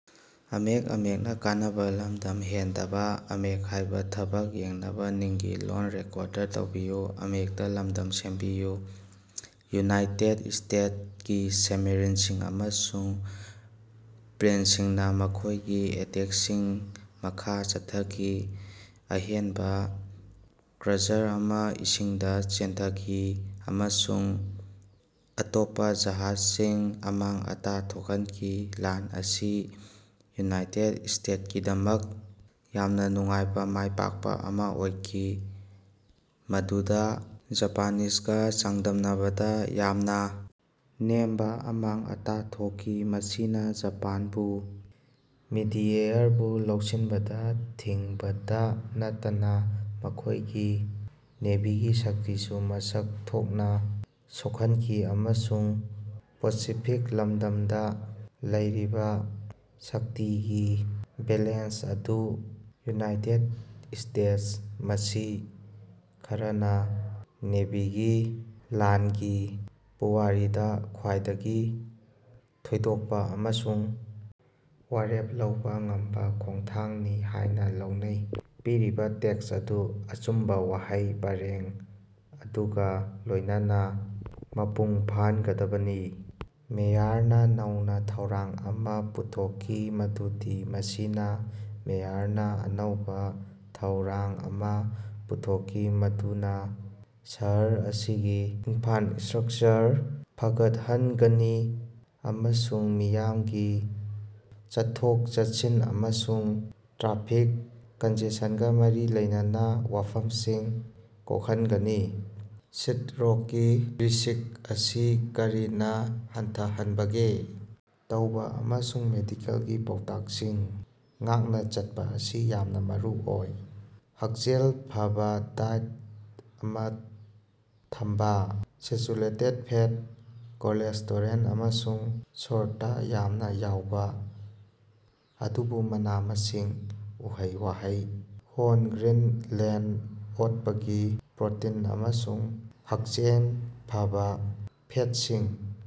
United ꯁ꯭ꯇꯦꯇꯁꯀꯤ ꯁꯕꯃꯦꯔꯤꯟꯁꯤꯡ ꯑꯃꯁꯨꯡ ꯄ꯭ꯂꯦꯟꯁꯤꯡꯅ ꯃꯈꯣꯏꯒꯤ ꯑꯦꯇꯦꯛꯇꯁꯤꯡ ꯃꯈꯥ ꯆꯠꯊꯈꯤ, ꯑꯍꯦꯟꯕ ꯀ꯭ꯔꯨꯏꯖꯔ ꯑꯃ ꯏꯁꯤꯡꯗ ꯆꯦꯟꯊꯈꯤ ꯑꯃꯁꯨꯡ ꯑꯇꯣꯞꯄ ꯖꯍꯥꯖꯁꯤꯡꯗ ꯑꯃꯥꯡ ꯑꯇꯥ ꯊꯣꯛꯍꯟꯈꯤ꯫ ꯂꯥꯟ ꯑꯁꯤ ꯌꯨꯅꯥꯏꯇꯦꯗ ꯁ꯭ꯇꯦꯇꯁꯀꯤꯗꯃꯛ ꯌꯥꯝꯅ ꯅꯨꯡꯉꯥꯏꯕ ꯃꯥꯏꯄꯥꯛꯄ ꯑꯃ ꯑꯣꯏꯈꯤ, ꯃꯗꯨꯗ ꯖꯄꯥꯅꯤꯖꯒ ꯆꯥꯡꯗꯝꯅꯕꯗ ꯌꯥꯝꯅ ꯅꯦꯝꯕ ꯑꯃꯥꯡ ꯑꯇꯥ ꯊꯣꯛꯈꯤ꯫ ꯃꯁꯤꯅ ꯖꯄꯥꯟꯕꯨ ꯃꯤꯗꯋꯦꯌꯔꯕꯨ ꯂꯧꯁꯤꯟꯕꯗ ꯊꯤꯡꯕꯇ ꯅꯠꯇꯅ ꯃꯈꯣꯏꯒꯤ ꯅꯦꯚꯤꯒꯤ ꯁꯛꯇꯤꯁꯨ ꯃꯁꯛ ꯊꯣꯛꯅ ꯁꯣꯛꯍꯟꯈꯤ ꯑꯃꯁꯨꯡ ꯄꯦꯁꯤꯐꯤꯛ ꯂꯃꯗꯝꯗ ꯂꯩꯔꯤꯕ ꯁꯛꯇꯤꯒꯤ ꯕꯦꯂꯦꯟꯁ ꯑꯗꯨ ꯌꯨꯅꯥꯏꯇꯦꯗ ꯁ꯭ꯇꯦꯇꯁ ꯃꯁꯤ ꯈꯔꯅꯥꯥ ꯅꯦꯚꯤꯒꯤ ꯂꯥꯟꯒꯤ ꯄꯨꯋꯥꯔꯤꯗ ꯈ꯭ꯋꯥꯏꯗꯒꯤ ꯊꯣꯏꯗꯣꯛꯄ ꯑꯃꯁꯨꯡ ꯋꯥꯔꯦꯞ ꯂꯧꯕ ꯉꯝꯕ ꯈꯣꯡꯊꯥꯡꯅꯤ ꯍꯥꯏꯅ ꯂꯧꯅꯩ꯫ ꯄꯤꯔꯤꯕ ꯇꯦꯛꯁ ꯑꯗꯨ ꯑꯆꯨꯝꯕ ꯋꯥꯍꯩ ꯄꯔꯦꯡ ꯑꯗꯨꯒ ꯂꯣꯏꯅꯅ ꯃꯄꯨꯡ ꯐꯥꯍꯟꯒꯗꯕꯅꯤ꯫ ꯃꯦꯌꯔꯅꯥ ꯑꯅꯧꯕ ꯊꯧꯔꯥꯡ ꯑꯃ ꯄꯨꯊꯣꯛꯈꯤ ꯃꯗꯨꯗꯤ ꯃꯁꯤꯅ ꯃꯦꯌꯔꯅꯥ ꯑꯅꯧꯕ ꯊꯧꯔꯥꯡ ꯑꯃ ꯄꯨꯊꯣꯛꯈꯤ ꯃꯗꯨꯅ ꯁꯍꯔ ꯑꯁꯤꯒꯤ ꯏꯟꯐ꯭ꯔꯥꯁ꯭ꯇꯔꯛꯆꯔ ꯐꯒꯠꯍꯟꯒꯅꯤ ꯑꯃꯁꯨꯡ ꯃꯤꯌꯥꯝꯒꯤ ꯆꯠꯊꯣꯛ-ꯆꯠꯁꯤꯟ ꯑꯃꯁꯨꯡ ꯇ꯭ꯔꯥꯐꯤꯛ ꯀꯟꯖꯦꯁꯟꯒ ꯃꯔꯤ ꯂꯩꯅꯕ ꯋꯥꯐꯝꯁꯤꯡ ꯀꯣꯛꯍꯟꯒꯅꯤ꯫ ꯁꯤꯠꯇꯣꯛꯀꯤ ꯔꯤꯁ꯭ꯛ ꯑꯁꯤ ꯀꯔꯤꯅ ꯍꯟꯊꯍꯟꯕꯒꯦ? ꯇꯧꯕ ꯑꯃꯁꯨꯡ ꯃꯦꯗꯤꯀꯦꯜꯒꯤ ꯄꯥꯎꯇꯥꯛꯁꯤꯡ ꯉꯥꯛꯅ ꯆꯠꯄ ꯑꯁꯤ ꯌꯥꯝꯅ ꯃꯔꯨꯑꯣꯏ꯫ ꯍꯛꯁꯦꯜ ꯐꯕ ꯗꯥꯏꯠ ꯑꯃ ꯊꯝꯕ - ꯁꯦꯆꯨꯔꯦꯇꯦꯗ ꯐꯦꯠ, ꯀꯣꯂꯦꯁ꯭ꯇꯦꯔꯣꯜ ꯑꯃꯁꯨꯡ ꯁꯣꯜꯇ ꯌꯥꯝꯅ ꯌꯥꯎꯕ, ꯑꯗꯨꯕꯨ ꯃꯅꯥ-ꯃꯁꯤꯡ, ꯎꯍꯩ-ꯋꯥꯍꯩ, ꯍꯣꯜ ꯒ꯭ꯔꯦꯟ, ꯂꯦꯡ-ꯑꯣꯠꯄꯒꯤ ꯄ꯭ꯔꯣꯇꯤꯟ ꯑꯃꯁꯨꯡ ꯍꯛꯁꯦꯜ ꯐꯕꯥ ꯐꯦꯠꯁꯤꯡ